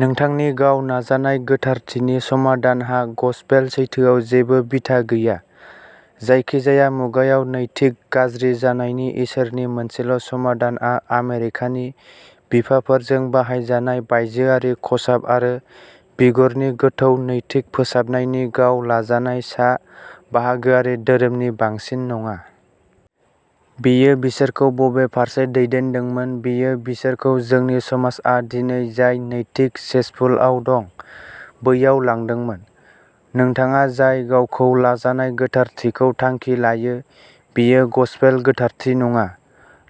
नोंथांनि गाव नाजानाय गोथारथिनि समाधानहा गसपेल सैथोआव जेबो बिथा गैया। जायखिजाया मुगायाव नैतिक गाज्रि जानायनि इसोरनि मोनसेल' समाधानआ आमेरिकानि बिफाफोरजों बाहायजानाय बायजोआरि खसाब आरो बिगुरनि गोथौ नैतिक फोसाबनायनि गाव लाजानाय सा बाहागोआरि धोरोमनि बांसिन नङा। बेयो बिसोरखौ बबे फारसे दैदेनदोंमोन बेयो बिसोरखौ जोंनि समाजआ दिनै जाय नैतिक सेसपुलआव दं, बैयाव लांदोंमोन। नोंथाङा जाय गावखौ लाजानाय गोथारथिखौ थांखि लायो, बेयो गसपेल गोथारथि नङा,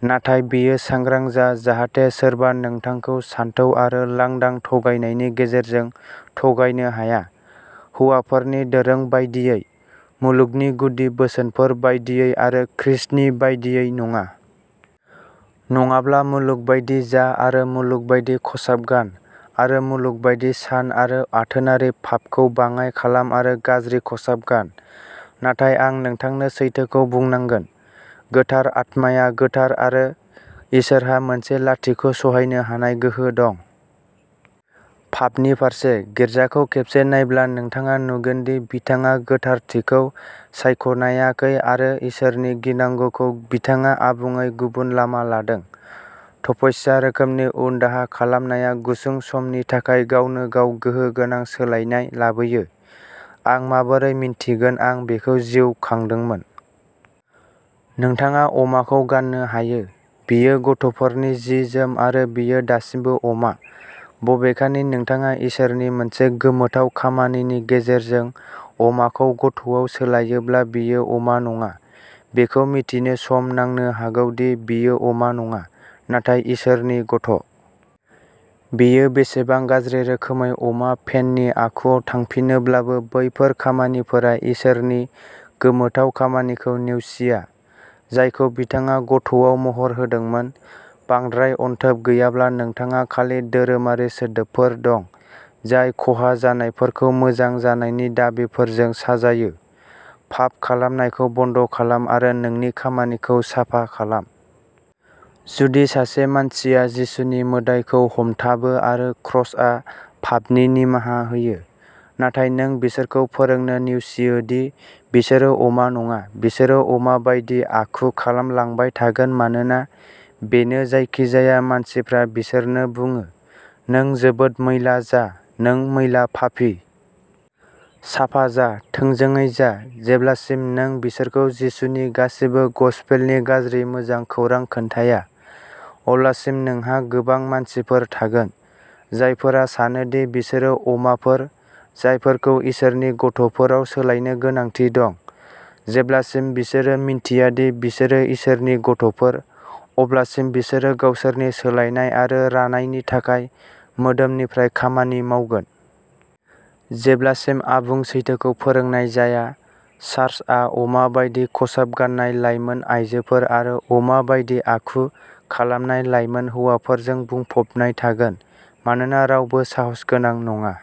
नाथाय बेयो सांग्रां जा जाहाथे सोरबा नोंथांखौ सानथौ आरो लांदां थगायनायनि गेजेरजों थगायनो हाया, हौवाफोरनि दोरों बायदियै, मुलुगनि गुदि बोसोनफोर बायदियै आरो खृष्टनि बायदियै नङा। नङाब्ला मुलुग बायदि जा आरो मुलुग बायदि खसाब गान आरो मुलुग बायदि सान आरो आथोनारि पापखौ बाङाइ खालाम आरो गाज्रि खसाब गान। नाथाय आं नोंथांनो सैथोखौ बुंनांगोन, गोथार आत्माया गोथार आरो इसोरहा मोनसे लाथिख' सहायनो हानाय गोहो दं। पापनि फारसे। गिर्जाखौ खेबसे नायब्ला नोंथाङा नुगोन दि बिथाङा गोथारथिखौ सायख'नायाखै आरो इसोरनि गिनांगौखौ बिथाङा आबुङै गुबुन लामा लादों। तपस्या रोखोमनि उनदाहा खालामनाया गुसुं समनि थाखाय गावनो गाव गोहो गोनां सोलायनाय लाबोयो। आं माबोरै मिन्थिगोन आं बेखौ जिउ खांदोंमोन। नोंथाङा अमाखौ गान्नो हायो, बेयो गथ'फोरनि जि-जोम आरो बेयो दासिमबो अमा। बबेखानि नोंथाङा इसोरनि मोनसे गोमोथाव खामानिनि गेजेरजों अमाखौ गथ'आव सोलायोब्ला बेयो अमा नङा। बेखौ मिथिनो सम नांनो हागौ दि बेयो अमा नङा, नाथाय इसोरनि गथ'। बेयो बेसेबां गाज्रि रोखोमै अमा पेननि आखुआव थांफिनोब्लाबो बैफोर खामानिफोरा इसोरनि गोमोथाव खामानिखौ नेवसिया, जायखौ बिथाङा गथ'आव महर होदोंमोन। बांद्राय अनथोब गैयाब्ला नोंथाङा खालि धोरोमारि सोदोबफोर दं, जाय खहा जानायफोरखौ मोजां जानायनि दाबिफोरजों साजायो, पाप खालामनायखौ बन्द खालाम आरो नोंनि खामानिखौ साफा खालाम। जुदि सासे मानसिया जिसुनि मोदाइखौ हमथाबो आरो क्रसआ पापनि निमाहा होयो, नाथाय नों बिसोरखौ फोरोंनो नेवसियो दि बिसोरो अमा नङा, बिसोरो अमा बायदि आखु खालामलांबाय थागोन मानोना बेनो जायखिजाया मानसिफ्रा बिसोरनो बुङो। नों जोबोद मैला जा, नों मैला पापी। साफा जा। थोंजोङै जा। जेब्लासिम नों बिसोरखौ जिसुनि गासिबो गसपेलनि गाज्रि मोजां खौरां खोन्थाया, अब्लासिम नोंहा गोबां मानसिफोर थागोन, जायफोरा सानो दि बिसोरो अमाफोर, जायफोरखौ इसोरनि गथ'फोराव सोलायनो गोनांथि दं। जेब्लासिम बिसोरो मिन्थिया दि बिसोरो इसोरनि गथ'फोर, अब्लासिम बिसोरो गावसोरनि सोलायनाय आरो रानायनि थाखाय मोदोमनिफ्राय खामानि मावगोन। जेब्लासिम आबुं सैथोखौ फोरोंनाय जाया, चार्चआ अमा बायदि खसाब गान्नाय लाइमोन आयजोफोर आरो अमा बायदि आखु खालामनाय लाइमोन हौवाफोरजों बुंफबनाय थागोन, मानोना रावबो साहसगोनां नङा।